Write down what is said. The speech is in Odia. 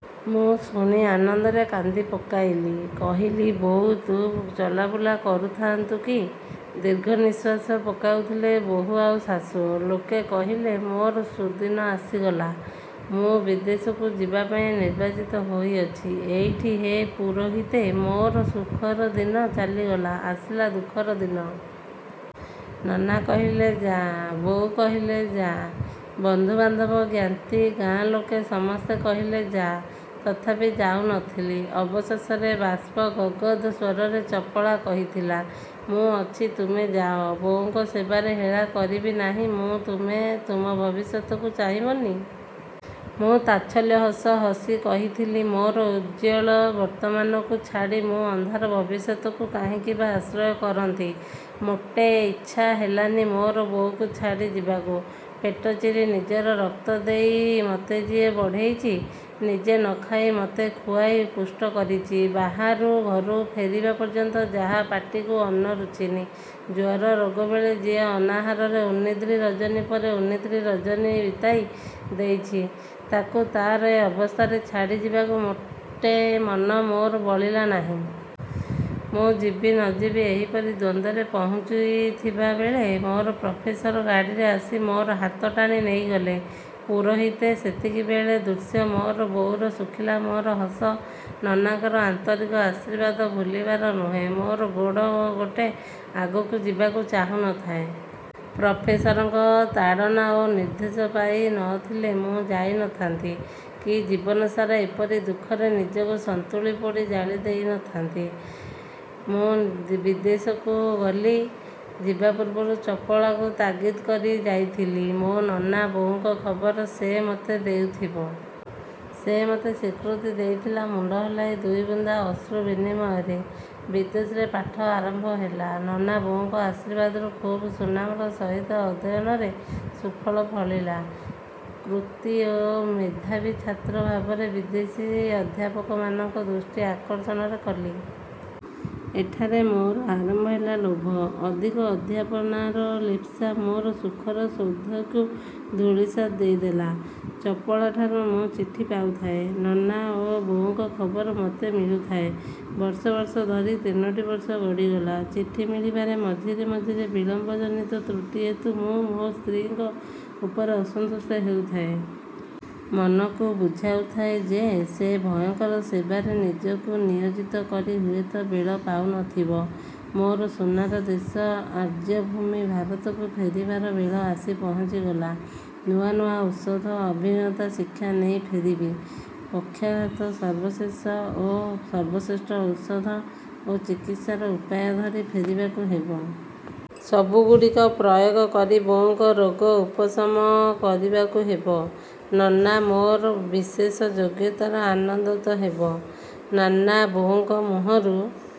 ମୁଁ ଶୁଣି ଆନନ୍ଦରେ କାନ୍ଦି ପକାଇଲି। କହିଲି-ବୋଉ, ତୁ ଚଲାବୁଲା କରୁ ଥାଆନ୍ତୁ କି! ଦୀର୍ଘ ନିଶ୍ୱାସ ପକାଇଥିଲେ ବୋହୂ ଆଉ ଶାଶୁ। ଲୋକେ କହିଲେ, ମୋର ସୁଦିନ ଆସିଗଲା। ମୁଁ ବିଦେଶକୁ ଯିବାପାଇଁ ନିର୍ବାଚିତ ହୋଇଅଛି। ଏଇଠି ହେ ପୁରୋହିତେ, ମୋର ସୁଖର ଦିନ ଚାଲିଗଲା, ଆସିଲା ଦୁଃଖର ଦିନ। ନନା କହିଲେ ଯାଆ, ବୋଉ କହିଲେ ଯାଆ। ବନ୍ଧୁ-ବାନ୍ଧବ, ଜ୍ଞାତି, ଗାଁ ଲୋକେ ସମସ୍ତେ କହିଲେ ଯାଆ, ତଥାପି ଯାଉ ନ ଥିଲି। ଅବଶେଷରେ ବାଷ୍ପ ଗଦ୍ଗଦ୍ ସ୍ୱରରେ ଚପଳା କହିଥିଲା-ମୁଁ ଅଛି, ତୁମେ ଯାଅ, ବୋଉଙ୍କ ସେବାରେ ହେଳା କରିବି ନାହିଁ ମୁଁ। ତୁମେ, ତୁମ ଭବିଷ୍ୟତକୁ ଚାହିଁବନି! ମୁଁ ତାଚ୍ଛଲ୍ୟ ହସ ହସି କହିଥିଲି-ମୋର ଉଜ୍ଜ୍ୱଳ ବର୍ତ୍ତମାନକୁ ଛାଡ଼ି ମୁଁ ଅନ୍ଧାର ଭବିଷ୍ୟତକୁ କାହିଁକି ବା ଆଶ୍ରୟ କରନ୍ତି। ମୋଟେ ଇଚ୍ଛା ହେଲାନି ମୋର ବୋଉକୁ ଛାଡ଼ି ଯିବାକୁ। ପେଟ ଚିରି ନିଜର ରକ୍ତ ଦେଇ ମତେ ଯିଏ ବଢ଼େଇଚି, ନିଜେ ନ ଖାଇ ମତେ ଖୁଆଇ ପୁଷ୍ଟ କରିଚି, ବାହାରୁ ଘରକୁ ଫେରିବା ପର୍ଯ୍ୟନ୍ତ ଯାହା ପାଟିକୁ ଅନ୍ନ ରୁଚିନି, ଜ୍ୱର ରୋଗ ବେଳେ ଯିଏ ଅନାହାରରେ ଉନ୍ନିଦ୍ର ରଜନୀ ପରେ ଉନ୍ନିଦ୍ର ରଜନୀ ବିତାଇ ଦେଇଚି, ତାକୁ, ତାର ଏ ଅବସ୍ଥାରେ ଛାଡ଼ି ଯିବାକୁ ମୋଟେ ମନ ମୋର ବଳିଲା ନାହିଁ। ମୁଁ ଯିବି ନ ଯିବି ଏହିପରି ଦ୍ୱନ୍ଦ୍ୱରେ ପହୁଞ୍ଚିଥିବା ବେଳେ ମୋର ପ୍ରଫେସର ଗାଡ଼ିରେ ଆସି ମୋର ହାତ ଟାଣି ନେଇଗଲେ। ପୁରୋହିତେ! ସେତିକିବେଳର ଦୃଶ୍ୟ, ମୋର ବୋଉର ଶୁଖିଲା ମୁହଁର ହସ, ନନାଙ୍କର ଆନ୍ତରିକ ଆଶୀର୍ବାଦ ଭୁଲିବାର ନୁହେଁ। ମୋର ଗୋଡ଼ ମୋଟେ ଆଗକୁ ଯିବାକୁ ଚାହୁଁ ନ ଥାଏ। ପ୍ରଫେସରଙ୍କ ତାଡ଼ନା ଓ ନିର୍ଦ୍ଦେଶ ପାଇ ନ ଥିଲେ ମୁଁ ଯାଇ ନ ଥାନ୍ତି କି ଜୀବନସାରା ଏପରି ଦୁଃଖରେ ନିଜକୁ ସନ୍ତୁଳି ପୋଡ଼ି ଜାଳି ଦେଇ ନ ଥାଆନ୍ତି। ମୁଁ ବିଦେଶକୁ ଗଲି। ଯିବା ପୂର୍ବରୁ ଚପଳାକୁ ତାଗିଦ କରି ଯାଇଥିଲି, ମୋ ନନା, ବୋଉଙ୍କ ଖବର ସେ ମୋତେ ଦେଉଥିବ। ସେ ମତେ ସ୍ୱୀକୃତି ଦେଇଥିଲା ମୁଣ୍ଡ ହଲାଇ ଦୁଇ ବୁନ୍ଦା ଅଶ୍ରୁ ବିନିମୟରେ। ବିଦେଶରେ ପାଠ ଆରମ୍ଭ ହେଲା। ନନା ବୋଉଙ୍କ ଆଶୀର୍ବାଦରୁ ଖୁବ୍ ସୁନାମର ସହିତ ଅଧ୍ୟୟନରେ ସୁଫଳ ଫଳିଲା। କୃତୀ ଓ ମେଧାବୀ ଛାତ୍ର ଭାବରେ ବିଦେଶୀ ଅଧ୍ୟାପକମାନଙ୍କ ଦୃଷ୍ଟି ଆକର୍ଷଣ କଲି। ଏଇଠାରେ ମୋର ଆରମ୍ଭ ହେଲା ଲୋଭ। ଅଧିକ ଅଧ୍ୟାପନାର ଲିପ୍ସା ମୋର ସୁଖର ସୌଧକୁ ଧୂଳିସାତ୍ କରିଦେଲା। ଚପଳାଠାରୁ ମୁଁ ଚିଠି ପାଉଥାଏ। ନନା ଓ ବୋଉଙ୍କ ଖବର ମତେ ମିଳୁଥାଏ। ବର୍ଷ ବର୍ଷ କରି ତିନୋଟି ବର୍ଷ ଗଡ଼ିଗଲା। ଚିଠି ମିଳିବାରେ ମଝିରେ ମଝିରେ ବିଳମ୍ୱଜନିତ ତ୍ରୁଟି ହେତୁ ମୁଁ ମୋ ସ୍ତ୍ରୀଙ୍କ ଉପରେ ଅସନ୍ତୁଷ୍ଟ ହେଉଥାଏ। ମନକୁ ବୁଝାଉ ଥାଏ ଯେ, ସେ ଉଭୟଙ୍କ ସେବାରେ ନିଜକୁ ନିୟୋଜିତ କରି ହୁଏତ ବେଳ ପାଉ ନ ଥିବ। ମୋର ସୁନାର ଦେଶ ଆର୍ଯ୍ୟଭୂମି ଭାରତକୁ ଫେରିବାର ବେଳ ଆସି ପହଞ୍ଚିଗଲା। ନୂଆ ନୂଆ ଔଷଧ, ଅଭିଜ୍ଞତା ଶିକ୍ଷା ନେଇ ଫେରିବି। ପକ୍ଷାଘାତର ସର୍ବଶେଷ ଓ ସର୍ବଶ୍ରେଷ୍ଠ ଔଷଧ ଓ ଚିକିତ୍ସାର ଉପାୟ ଧରି ଫେରିବାକୁ ହେବ। ସବୁଗୁଡ଼ିକ ପ୍ରୟୋଗ କରି ବୋଉଙ୍କ ରୋଗ ଉପଶମ କରିବାକୁ ହେବ। ନନା ମୋର ବିଶେଷ ଯୋଗ୍ୟତାର ଆନନ୍ଦତ ହେବ। ନାନା ବୋଉଙ୍କ ମୁହଁରୁ